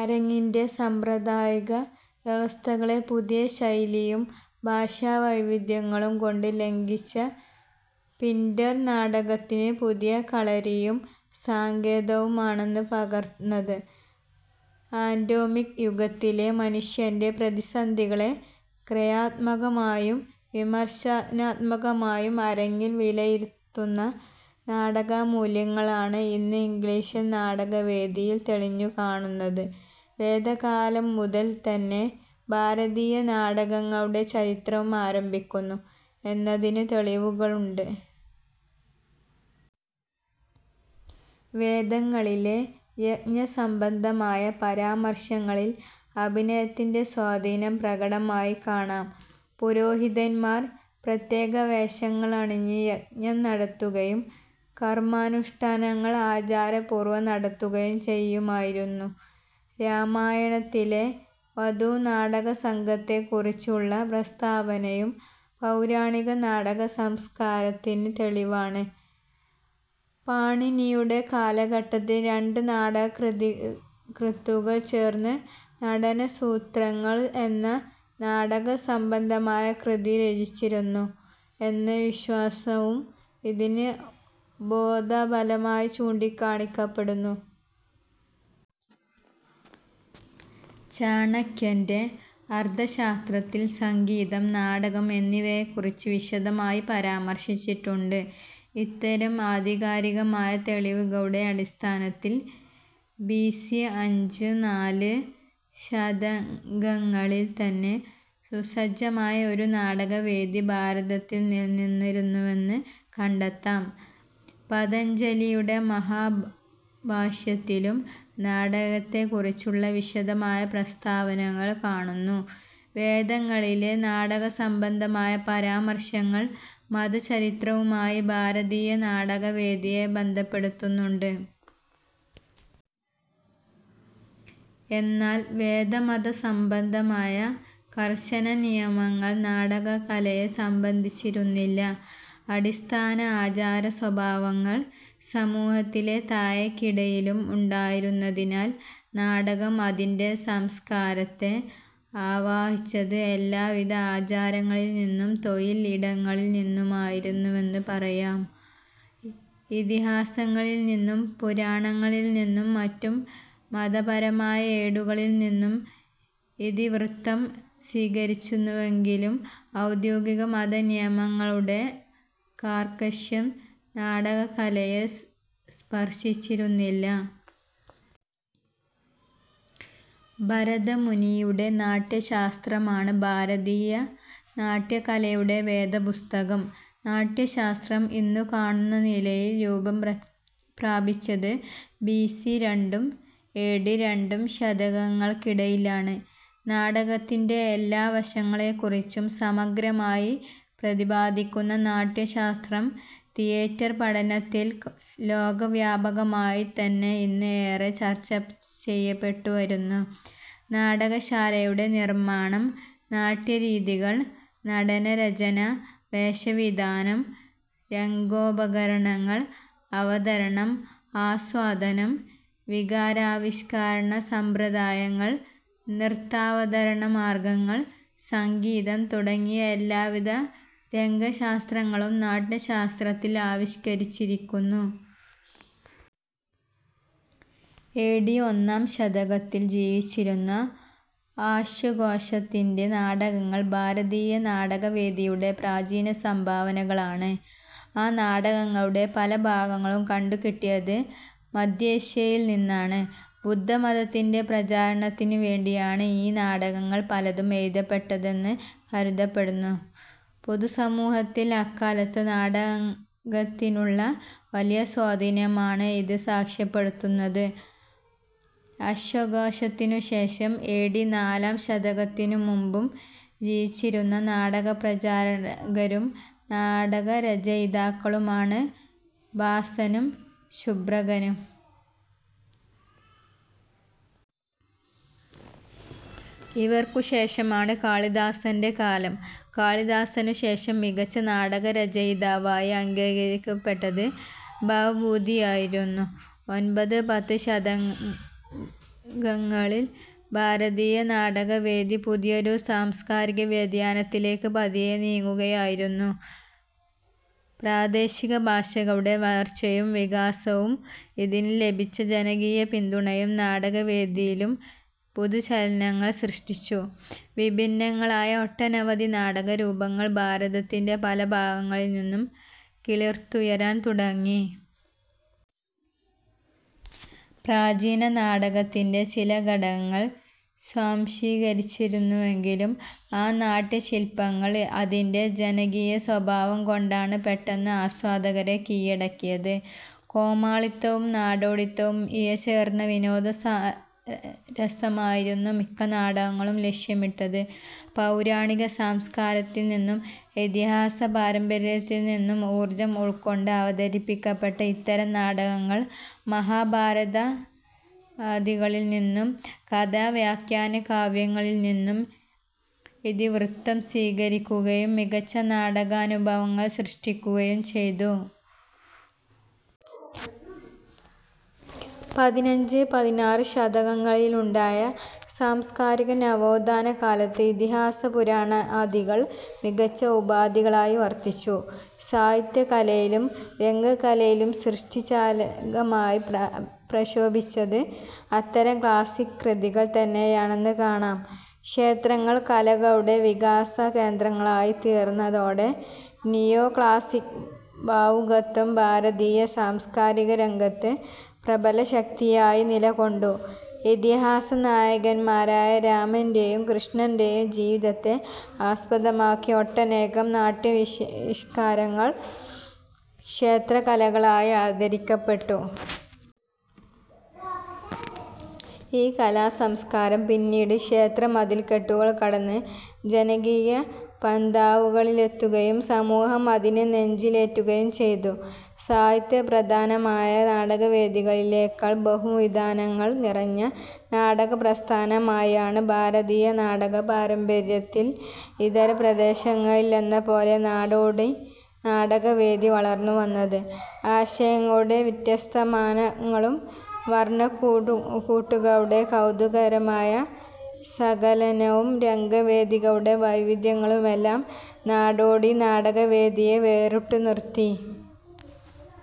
അരങ്ങിൻ്റെ സാമ്പ്രദായിക വ്യവസ്ഥകളെ പുതിയ ശൈലിയും ഭാഷാവൈവിധ്യങ്ങളുംകൊണ്ട് ലംഘിച്ച പിൻ്റ ർ നാടകത്തിന് പുതിയ കളരിയും സങ്കേതവുമാണ് പകർന്നത്. ആറ്റോമിക് യുഗത്തിലെ മനുഷ്യൻ്റെ പ്രതിസന്ധികളെ ക്രിയാത്മകമായും വിമർശനാത്മകമായും അരങ്ങിൽ വിലയിരുത്തുന്ന നാടകമൂല്യങ്ങളാണ് ഇന്ന് ഇംഗ്ലീഷ് നാടകവേദിയിൽ തെളിഞ്ഞു കാണുന്നത്. വേദകാലം മുതൽ തന്നെ ഭാരതീയ നാടകങ്ങളുടെ ചരിത്രവും ആരംഭിക്കുന്നു എന്നതിന് തെളിവുകളുണ്ട്. വേദങ്ങളിലെ യജ്ഞസംബന്ധമായ പരാമർശങ്ങളിൽ അഭിനയത്തിൻ്റെ സ്വാധീനം പ്രകടമായി കാണാം. പുരോഹതിന്മാർ പ്രത്യേകവേഷങ്ങളണിഞ്ഞ് യജ്ഞം നടത്തുകയും കർമാനുഷ്ഠാനങ്ങൾ ആചാരപൂർവം നടത്തുകയും ചെയ്യുമായിരുന്നു. രാമായണത്തിലെ വധൂനാടകസംഘത്തെക്കുറിച്ചുള്ള പ്രസ്താവനയും പൗരാണിക നാടകസംസ്കാരത്തിന് തെളിവാണ്. പാണിനിയുടെ കാലഘട്ടത്തിൽ രണ്ട് നാടകകൃത്തുക്കൾ ചേർന്ന് നടനസൂത്രങ്ങൾ എന്ന നാടകസംബന്ധമായ കൃതി രചിച്ചിരുന്നു എന്ന വിശ്വാസവും ഇതിന് ഉപോദ്ബലകമായി ചൂണ്ടിക്കാണിക്കപ്പെടുന്നു. ചാണക്യൻ്റെ അർഥശാസ്ത്രത്തിൽ സംഗീതം, നാടകം എന്നിവയെക്കുറിച്ച് വിശദമായി പരാമർശിച്ചിട്ടുണ്ട്. ഇത്തരം ആധികാരികമായ തെളിവുകളുടെ അടിസ്ഥാനത്തിൽ, ബി സി അഞ്ച്, നാല് ശതകങ്ങളിൽത്തന്നെ സുസജ്ജമായ ഒരു നാടകവേദി ഭാരതത്തിൽ നിലനിന്നിരുന്നുവെന്ന് കണ്ടെത്താം. പതഞ്ജലിയുടെ മഹാഭാഷ്യത്തിലും നാടകത്തെക്കുറിച്ചുള്ള വിശദമായ പ്രസ്താവങ്ങൾ കാണുന്നു. വേദങ്ങളിലെ നാടകസംബന്ധമായ പരാമർശങ്ങൾ മതചരിത്രവുമായി ഭാരതീയ നാടകവേദിയെ ബന്ധപ്പെടുത്തുന്നുണ്ട്. എന്നാൽ വേദമതസംബന്ധമായ കർശന നിയമങ്ങൾ നാടകകലയെ സംബന്ധിച്ചിരുന്നില്ല. അടിസ്ഥാന ആചാരസ്വഭാവങ്ങൾ സമൂഹത്തിലെ താഴേക്കിടയിലും ഉണ്ടായിരുന്നതിനാൽ നാടകം, അതിൻ്റെ സംസ്കാരത്തെ ആവാഹിച്ചത് എല്ലാവിധ ആചാരങ്ങളിൽനിന്നും തൊഴിൽ ഇടങ്ങളിൽ നിന്നുമായിരുന്നുവെന്ന് പറയാം. ഇതിഹാസങ്ങളിൽനിന്നും പുരാണങ്ങളിൽനിന്നും മറ്റു മതപരമായ ഏടുകളിൽനിന്നും ഇതിവൃത്തം സ്വീകരിച്ചിരുന്നുവെങ്കിലും ഔദ്യോഗിക മതനിയമങ്ങളുടെ കാർക്കശ്യം നാടകകലയെ സ്പർശിച്ചിരുന്നില്ല. ഭരതമുനിയുടെ നാട്യശാസ്ത്രമാണ് ഭാരതീയ നാട്യകലയുടെ വേദപുസ്തകം. നാട്യശാസ്ത്രം ഇന്നുകാണുന്നനിലയിൽ രൂപംപ്രാപിച്ചത് ബി സി രണ്ടും എ ഡി രണ്ടും ശതകങ്ങൾക്കിടയിലാണ്. നാടകത്തിൻ്റെ എല്ലാ വശങ്ങളെക്കുറിച്ചും സമഗ്രമായി പ്രതിപാദിക്കുന്ന നാട്യശാസ്ത്രം, തിയേറ്റർപഠനത്തിൽ ലോകവ്യാപകമായിത്തന്നെ ഇന്ന് ഏറെ ചർച്ചചെയ്യപ്പെട്ടുവരുന്നു. നാടകശാലയുടെ നിർമ്മാണം, നാട്യരീതികൾ, നാടകരചന, വേഷവിധാനം, രംഗോപകരണങ്ങൾ, അവതരണം, ആസ്വാദനം, വികാരാവിഷ്കരണസമ്പ്രദായങ്ങൾ, നൃത്താവതരണ മാർഗങ്ങൾ, സംഗീതം തുടങ്ങിയ എല്ലാവിധ രംഗശാസ്ത്രങ്ങളും നാട്യശാസ്ത്രത്തിൽ ആവിഷ്കരിച്ചിരിക്കുന്നു. എ ഡി ഒന്നാം ശതകത്തിൽ ജീവിച്ചിരുന്ന ആശ്വഘോഷൻ്റെ നാടകങ്ങൾ ഭാരതീയ നാടകവേദിയുടെ പ്രാചീനസംഭാവനകളാണ്. ആ നാടകങ്ങളുടെ പല ഭാഗങ്ങളും കണ്ടുകിട്ടിയത് മധ്യേഷ്യയിൽ നിന്നാണ്. ബുദ്ധമതത്തിൻ്റെ പ്രചാരണത്തിനുവേണ്ടിയാണ് ഈ നാടകങ്ങൾ പലതും എഴുതപ്പെട്ടതെന്ന് കരുതപ്പെടുന്നു. പൊതുസമൂഹത്തിൽ അക്കാലത്ത് നാടകത്തിനുള്ള വലിയ സ്വാധീനമാണ് ഇത് സാക്ഷ്യപ്പെടുത്തുന്നത്. അശ്വഘോഷനുശേഷം, എ ഡി നാലാം ശതകത്തിനുമുമ്പു ജീവിച്ചിരുന്ന നാടകപ്രചാരകരും നാടകരചയിതാക്കളുമാണ് ഭാസനും ശൂദ്രകനും. ഇവർക്കുശേഷമാണ് കാളിദാസൻ്റെ കാലം. കാളിദാസനുശേഷം മികച്ച നാടകരചയിതാവായി അംഗീകരിക്കപ്പെട്ടത് ഭവഭൂതിയായിരുന്നു. ഒൻപത്-പത്ത് ശതകങ്ങളിൽ ഭാരതീയ നാടകവേദി പുതിയൊരു സാംസ്കാരിക വ്യതിയാനത്തിലേക്ക് പതിയെ നീങ്ങുകയായിരുന്നു. പ്രാദേശികഭാഷകളുടെ വളർച്ചയും വികാസവും അതിന് ലഭിച്ച ജനകീയ പിന്തുണയും നാടകവേദിയിലും പുതുചലനങ്ങൾ സൃഷ്ടിച്ചു. വിഭിന്നങ്ങളായ ഒട്ടനവധി നാടകരൂപങ്ങൾ ഭാരതത്തിൻ്റെ പല ഭാഗങ്ങളിൽനിന്നും കിളിർത്തുയരാൻ തുടങ്ങി. പ്രാചീന നാടകത്തിൻ്റെ ചില ഘടകങ്ങൾ സ്വാംശീകരിച്ചിരുന്നുവെങ്കിലും ആ നാട്യശില്പങ്ങൾ അതിൻ്റെ ജനകീയസ്വഭാവംകൊണ്ടാണ് പെട്ടെന്ന് ആസ്വാദകരെ കീഴടക്കിയത്. കോമാളിത്തവും നാടോടിത്തവും ഇഴചേർന്ന വിനോദരസമായിരുന്നു മിക്ക നാടകങ്ങളും ലക്ഷ്യമിട്ടത്. പൗരാണിക സംസ്കാരത്തിൽനിന്നും ഇതിഹാസപാരമ്പര്യത്തിൽനിന്നും ഊർജ്ജം ഉൾക്കൊണ്ട് അവതരിപ്പിക്കപ്പെട്ട ഇത്തരം നാടകങ്ങൾ മഹാഭാരതാദികളിൽനിന്നും കഥാവ്യാഖ്യാനകാവ്യങ്ങളിൽനിന്നും ഇതിവൃത്തം സ്വീകരിക്കുകയും മികച്ച നാടകാനുഭവങ്ങൾ സൃഷ്ടിക്കുകയും ചെയ്തു. പതിനഞ്ച്, പതിനാറ് ശതകങ്ങളിലുണ്ടായ സാംസ്കാരിക നവോത്ഥാന കാലത്ത് ഇതിഹാസപുരാണാദികൾ മികച്ച ഉപാധികളായി വർത്തിച്ചു. സാഹിത്യകലയിലും രംഗകലയിലും സൃഷ്ടിചാലകമായി പ്രശോഭിച്ചത് അത്തരം ക്ലാസ്സിക് കൃതികൾ തന്നെയാണെന്ന് കാണാം. ക്ഷേത്രങ്ങൾ കലകളുടെ വികാസകേന്ദ്രങ്ങളായിത്തീർന്നതോടെ നിയോക്ലാസ്സിക് ഭാവുകത്വം ഭാരതീയ സാംസ്കാരികരംഗത്ത് പ്രബലശക്തിയായി നിലകൊണ്ടു. ഇതിഹാസ നായകന്മാരായ രാമൻ്റെയും കൃഷ്ണൻ്റെയും ജീവിതത്തെ ആസ്പദമാക്കി ഒട്ടനേകം നാട്യാവിഷ്കാരങ്ങൾ ക്ഷേത്രകലകളായി അവതരിപ്പിക്കപ്പെട്ടു. ഈ കലാസംസ്കാരം പിന്നീട് ക്ഷേത്രമതിൽക്കെട്ടുകൾ കടന്ന് ജനകീയ പന്ഥാവുകളിലെത്തുകയും സമൂഹം അതിനെ നെഞ്ചിലേറ്റുകയും ചെയ്തു. സാഹിത്യപ്രധാനമായ നാടകവേദിയേക്കാൾ ബഹുവിതാനങ്ങൾ നിറഞ്ഞ നാടകപ്രസ്ഥാനമായാണ് ഭാരതീയ നാടകപാരമ്പര്യത്തിൽ ഇതര പ്രദേശങ്ങളിലെന്നപോലെ നാടോടി നാടകവേദി വളർന്നുവന്നത്. ആശയങ്ങളുടെ വ്യത്യസ്തമാനങ്ങളും വർണക്കൂട്ടുകളുടെ കൗതുകകരമായ സങ്കലനവും രംഗവേദിയുടെ വൈവിധ്യങ്ങളുമെല്ലാം നാടോടി നാടകവേദിയെ വേറിട്ടുനിർത്തി.